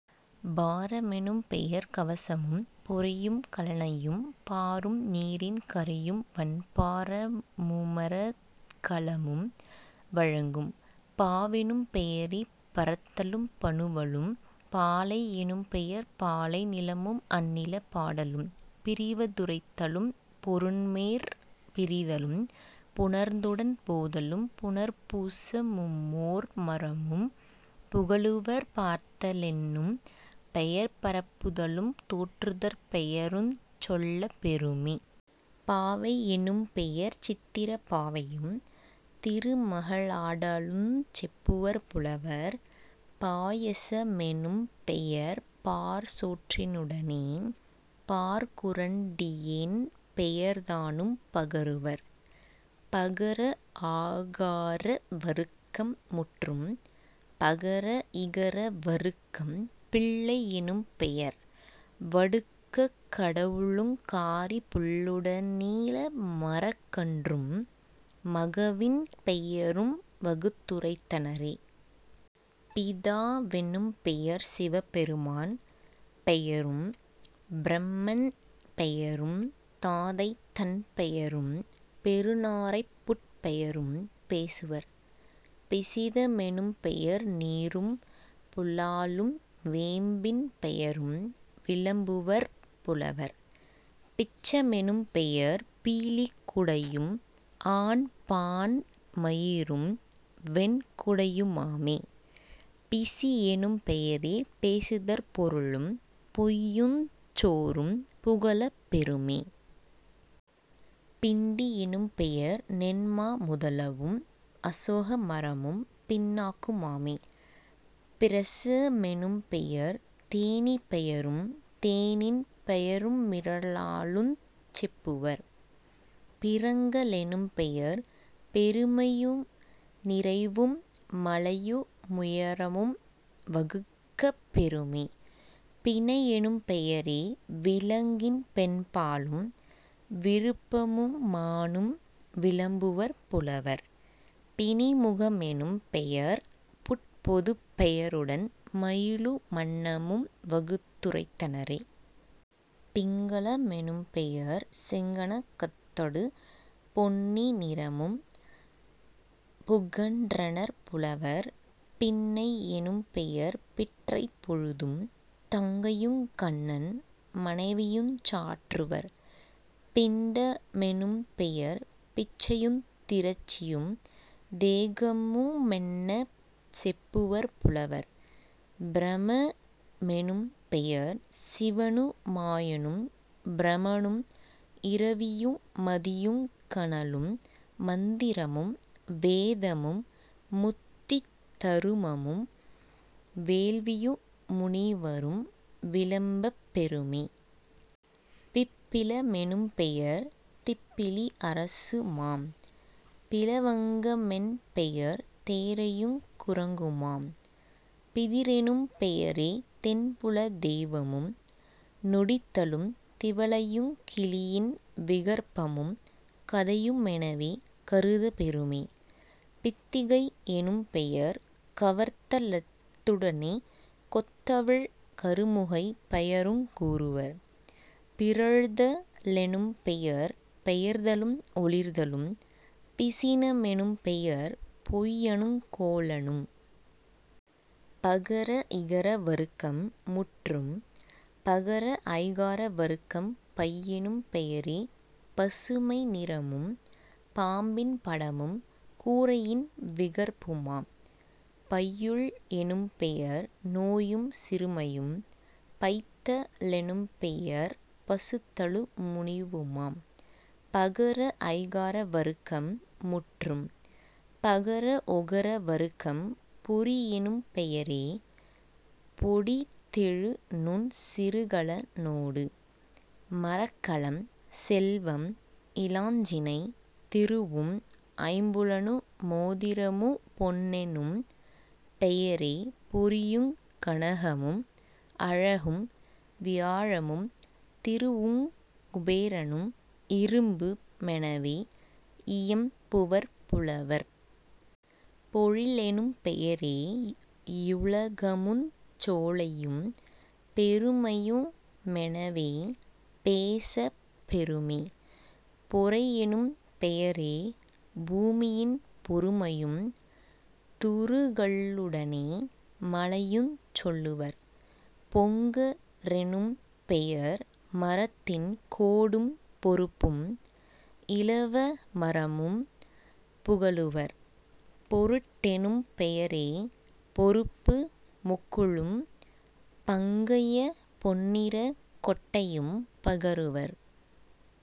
பார மெனும்பெயர் கவசமும் பொறையும் கலனையும் பாரும் நீரின் கரையும் வன்பா ரமுமரக் கலமும் வழங்கும்..... பாவெனும் பெயரே பரத்தலும் பனுவலும்..... பாலை யெனும்பெயர் பாலை நிலமும் அந்நிலப் பாடலும் பிரிவ துரைத்தலும் பொருண்மேற் பிரிதலும் புணர்ந்துடன் போதலும் புனர்பூ சமுமோர் மரமும் புகலுவர்..... பார்த்த லென்னும் பெயர்பரப் புதலும் தோற்றுதற் பெயருஞ் சொல்லப் பெறுமே..... பாவை யெனும்பெயர் சித்திரப் பாவையும் திருமக ளாடலுஞ் செப்புவர் புலவர்..... பாயச மெனும்பெயர் பாற்சோற் றினுடனே பாற்குறண் டியென் பெயர்தானும் பகருவர்..... பகர ஆகார வருக்கம் முற்றும். பகர இகர வருக்கம் பிள்ளை யெனும்பெயர் வடுகக் கடவுளுங் காரிப் புள்ளுட னிளமரக் கன்றும் மகவின் பெயரும் வகுத்துரைத் தனரே..... பிதா வெனும்பெயர் சிவபெருமான் பெயரும் பிரமன் பெயரும் தாதைதன் பெயரும் பெருநா ரைப்புட் பெயரும் பேசுவர்..... பிசித மெனும்பெயர் நீறும் புலாலும் வேம்பின் பெயரும் விளம்புவர் புலவர்..... பிச்ச மெனும்பெயர் பீலிக் குடையும் ஆண்பான் மயிரும் வெண்குடையு மாமே..... பிசியெனும் பெயரே பேசுதற் பொருளும் பொய்யுஞ் சோறும் புகலப் பெறுமே..... பிண்டி யெனும்பெயர் நென்மா முதலவும் அசோக மரமும் பிண்ணாக்கு மாமே..... பிரச மெனும்பெயர் தேனீப் பெயரும் தேனின் பெயரு மிறாலுஞ் செப்புவர்..... பிறங்க லெனும்பெயர் பெருமையு நிறைவும் மலையு முயரமும் வகுக்கப் பெறுமே..... பிணையெனும் பெயரே விலங்கின் பெண்பாலும் விருப்பமு மானும் விளம்புவர் புலவர்..... பிணிமுக மெனும்பெயர் புட்பொதுப் பெயருடன் மயிலு மன்னமும் வகுத்து ரைத்தனரே..... பிங்கல மெனும்பெயர் செங்கன கத்தொடு பொன்னி னிறமும் புகன்றனர் புலவர்..... பின்னை யெனும்பெயர் பிற்றைப் பொழுதும் தங்கையுங் கண்ணன் மனைவியுஞ் சாற்றுவர்..... பிண்ட மெனும்பெயர் பிச்சையுந் திரட்சியும் தேகமு மென்னச் செப்புவர் புலவர்..... பிரம மெனும்பெயர் சிவனு மாயனும் பிரமனும் இரவியு மதியுங் கனலும் மந்திரமும் வேதமும் முத்தித் தருமமும் வேள்வியு முனிவரும் விளம்பப் பெறுமே..... பிப்பில மெனும்பெயர் திப்பிலி அரசுமாம்..... பிலவங்க மென்பெயர் தேரையுங் குரங்குமாம்..... பிதிரெனும் பெயரே தென்புலத் தெய்வமும்। நொடித்தலும் திவலையுங் கிளியின் விகற்பமும் கதையு மெனவே கருதப் பெறுமே..... பித்திகை யெனும்பெயர் கவர்த்த லத்துடனே கொத்தவிழ் கருமுகைப் பெயருங் கூறுவர்..... பிறழ்த லெனும்பெயர் பெயர்தலும் ஒளிர்தலும்..... பிசின மெனும்பெயர் பொய்யனுங் கோளனும்..... பகர இகர வருக்கம் முற்றும். பகர ஐகார வருக்கம் பையெனும் பெயரே பசுமை நிறமும் பாம்பின் படமும் கூறையின் விகற்புமாம்..... பையுள் எனும்பெயர் நோயும் சிறுமையும்..... பைத்த லெனும்பெயர் பசுத்தலு முனிவுமாம்..... பகர ஐகார வருக்கம் முற்றும். பகர ஒகர வருக்கம் பொறியெனும் பெயரே பொடித்தெழு நுண் சிறுகல னோடு மரக்கலம் செல்வம் இலாஞ்சினை திருவும் ஐம்புலனு மோதிரமு பொன்னெனும் பெயரே பொறியுங் கனகமும் அழகும் வியாழமும் திருவுங் குபேரனும் இரும்பு மெனவே யியம்புவர் புலவர்..... பொழிலெனும் பெயரே யுலகமுஞ் சோலையும் பெருமையு மெனவே பேசப் பெறுமே..... பொறையெனும் பெயரே பூமியும் பொறுமையும் துறுகல் லுடனே மலையுஞ் சொல்லுவர்..... பொங்க ரெனும்பெயர் மரத்தின் கோடும் பொருப்பும் இலவ மரமும் புகலுவர்..... பொருட்டெனும் பெயரே பொருப்பு மொக்குளும் பங்கயப் பொன்னிறக் கொட்டையும் பகருவர்.